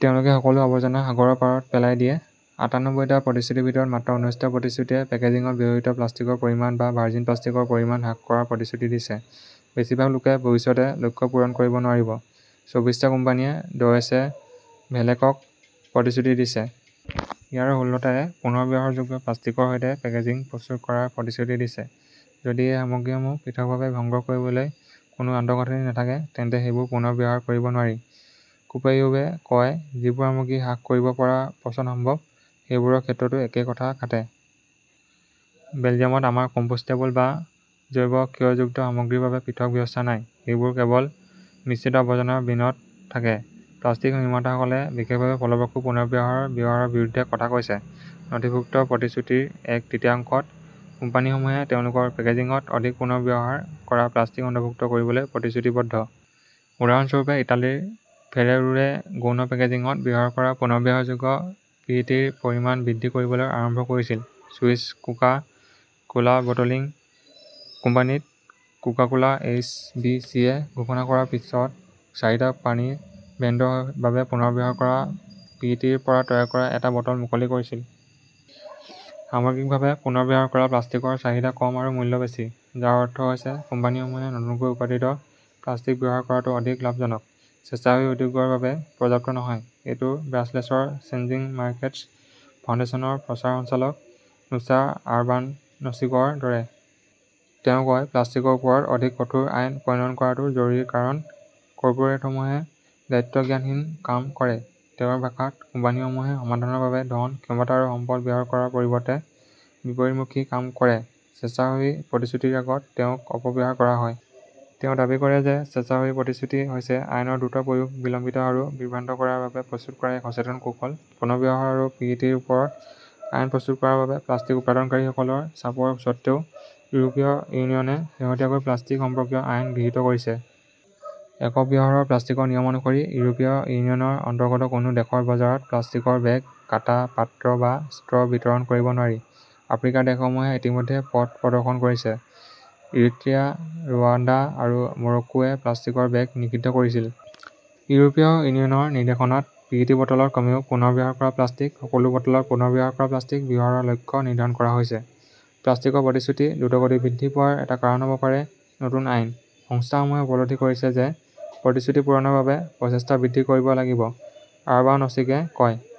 তেওঁলোকে সকলো আৱৰ্জনা সাগৰৰ পাৰত পেলাই দিয়ে। আটান্নব্বৈটা প্ৰতিশ্ৰুতিৰ ভিতৰত মাত্ৰ ঊনৈশটা প্ৰতিশ্ৰুতিয়ে পেকেজিঙত ব্যৱহৃত প্লাষ্টিকৰ পৰিমাণ বা ভাৰ্জিন প্লাষ্টিকৰ পৰিমাণ হ্ৰাস কৰাৰ প্ৰতিশ্ৰুতি দিছে। বেছিভাগ লোকে ভৱিষ্যতে লক্ষ্য পূৰণ কৰিব নোৱাৰিব। চৌবিশটা কোম্পানীয়ে ডয়চে ভেলেকক প্ৰতিশ্ৰুতি দিছে। ইয়াৰে ষোল্লটায়ে পুনৰ্ব্যৱহাৰযোগ্য প্লাষ্টিকৰ সৈতে পেকেজিং প্ৰস্তুত কৰাৰ প্ৰতিশ্ৰুতি দিছে। যদি এই সামগ্ৰীসমূহ পৃথকভাৱে সংগ্ৰহ কৰিবলৈ কোনো আন্তঃগাঁথনি নাথাকে, তেন্তে সেইবোৰ পুনৰ ব্যৱহাৰ কৰিব নোৱাৰি, কোপেয়োৱে কয়। যিবোৰ সামগ্ৰী হ্ৰাস কৰিব পৰা পচন সম্ভৱ, সেইবোৰৰ ক্ষেত্ৰতো একেই কথা খাটে। বেলজিয়ামত, আমাৰ কম্পোষ্টেবল বা জৈৱ ক্ষয়যোগ্য সামগ্ৰীৰ বাবে পৃথক ব্যৱস্থা নাই। সেইবোৰ কেৱল মিশ্ৰিত আৱৰ্জনাৰ বিনত থাকে। প্লাষ্টিক নিৰ্মাতাসকলে বিশেষভাৱে ফলপ্ৰসূ পুনৰ্ব্যৱহাৰৰ ব্যৱস্থাৰ বিৰুদ্ধে কথা কৈছে। নথিভুক্ত প্ৰতিশ্ৰুতিৰ এক তৃতীয়াংশত, কোম্পানীসমূহে তেওঁলোকৰ পেকেজিঙত অধিক পুনৰ্ব্যৱহাৰ কৰা প্লাষ্টিক অন্তৰ্ভুক্ত কৰিবলৈ প্ৰতিশ্ৰুতিবদ্ধ। উদাহৰণস্বৰূপে, ইটালীৰ ফেৰেৰোৱে গৌণ পেকেজিঙত ব্যৱহাৰ কৰা পুনৰ্ব্যৱহাৰযোগ্য পিইটিৰ পৰিমাণ বৃদ্ধি কৰিবলৈ আৰম্ভ কৰিছিল। ছুইছ কোকা কোলা বটলিং কোম্পানীত কোকা কোলা এইচ বি চিয়ে ঘোষণা কৰাৰ পিছত চাৰিটা পানীৰ ব্ৰেণ্ডৰ বাবে পুনৰ্ব্যৱহাৰ কৰা পিইটিৰ পৰা তৈয়াৰ কৰা এটা বটল মুকলি কৰিছিল। সামগ্ৰিকভাৱে, পুনৰ্ব্যৱহাৰ কৰা প্লাষ্টিকৰ চাহিদা কম আৰু মূল্য বেছি, যাৰ অৰ্থ হৈছে কোম্পানীসমূহে নতুনকৈ উৎপাদিত প্লাষ্টিক ব্যৱহাৰ কৰাটো অধিক লাভজনক। স্বেচ্ছাসেৱী উদ্যোগৰ বাবে পৰ্যাপ্ত নহয়। এইটো ব্ৰাছেলছৰ চেঞ্জিং মাৰ্কেটছ ফাউণ্ডেশ্যনৰ প্ৰচাৰ সঞ্চালক নুছা আৰবানচিকৰ দৰে। তেওঁ কয়, প্লাষ্টিকৰ ওপৰত অধিক কঠোৰ আইন প্ৰণয়ন কৰাটো জৰুৰী কাৰণ কৰ্পোৰেটসমূহে দায়িত্বজ্ঞানহীন কাম কৰে। তেওঁৰ ভাষাত, কোম্পানীসমূহে সমাধানৰ বাবে ধন, ক্ষমতা আৰু সম্পদ ব্যৱহাৰ কৰাৰ পৰিৱৰ্তে বিপৰীতমুখী কাম কৰে। স্বেচ্ছাসেৱী প্ৰতিশ্ৰুতিৰ আগত তেওঁক অপব্যৱহাৰ কৰা হয়। তেওঁ দাবী কৰে যে স্বেচ্ছাসেৱী প্ৰতিশ্ৰুতি হৈছে আইনৰ দ্ৰুত প্ৰয়োগ বিলম্বিত আৰু বিভ্ৰান্ত কৰাৰ বাবে প্ৰস্তুত কৰা এক সচেতন কৌশল। পুনৰ্ব্যৱহাৰ কৰা পিইটিৰ ওপৰত আইন প্ৰস্তুত কৰাৰ বাবে প্লাষ্টিক উৎপাদনকাৰীসকলৰ চাপৰ স্বত্বেও ইউৰোপীয় ইউনিয়নে শেহতীয়াকৈ প্লাষ্টিক সম্পৰ্কীয় আইন গৃহীত কৰিছে। একক ব্যৱহাৰৰ প্লাষ্টিকৰ নিয়ম অনুসৰি, ইউৰোপীয় ইউনিয়নৰ অন্তৰ্গত কোনো দেশৰ বজাৰত প্লাষ্টিকৰ বেগ, কাঁটা, পাত্ৰ বা ষ্ট্ৰ' বিতৰণ কৰিব নোৱাৰি। আফ্ৰিকাৰ দেশসমূহে ইতিমধ্যে পথ প্ৰদৰ্শন কৰিছে। ইৰিট্ৰিয়া, ৰুৱাণ্ডা আৰু মৰক্কোৱে প্লাষ্টিকৰ বেগ নিষিদ্ধ কৰিছিল। ইউৰোপীয় ইউনিয়নৰ নিৰ্দেশনাত পিইটি বটলত কমেও পুনৰ্ব্যৱহাৰ কৰা প্লাষ্টিক, সকলো বটলত পুনৰ্ব্যৱহাৰ কৰা প্লাষ্টিক ব্যৱহাৰৰ লক্ষ্য নিৰ্ধাৰণ কৰা হৈছে। প্লাষ্টিকৰ প্ৰতিশ্ৰুতি দ্ৰুতগতিত বৃদ্ধি পোৱাৰ এটা কাৰণ হ'ব পাৰে নতুন আইন। সংস্থাসমূহে উপলব্ধি কৰিছে যে প্ৰতিশ্ৰুতি পূৰণৰ বাবে প্ৰচেষ্টা বৃদ্ধি কৰিব লাগিব, আৰবানচিকে কয়।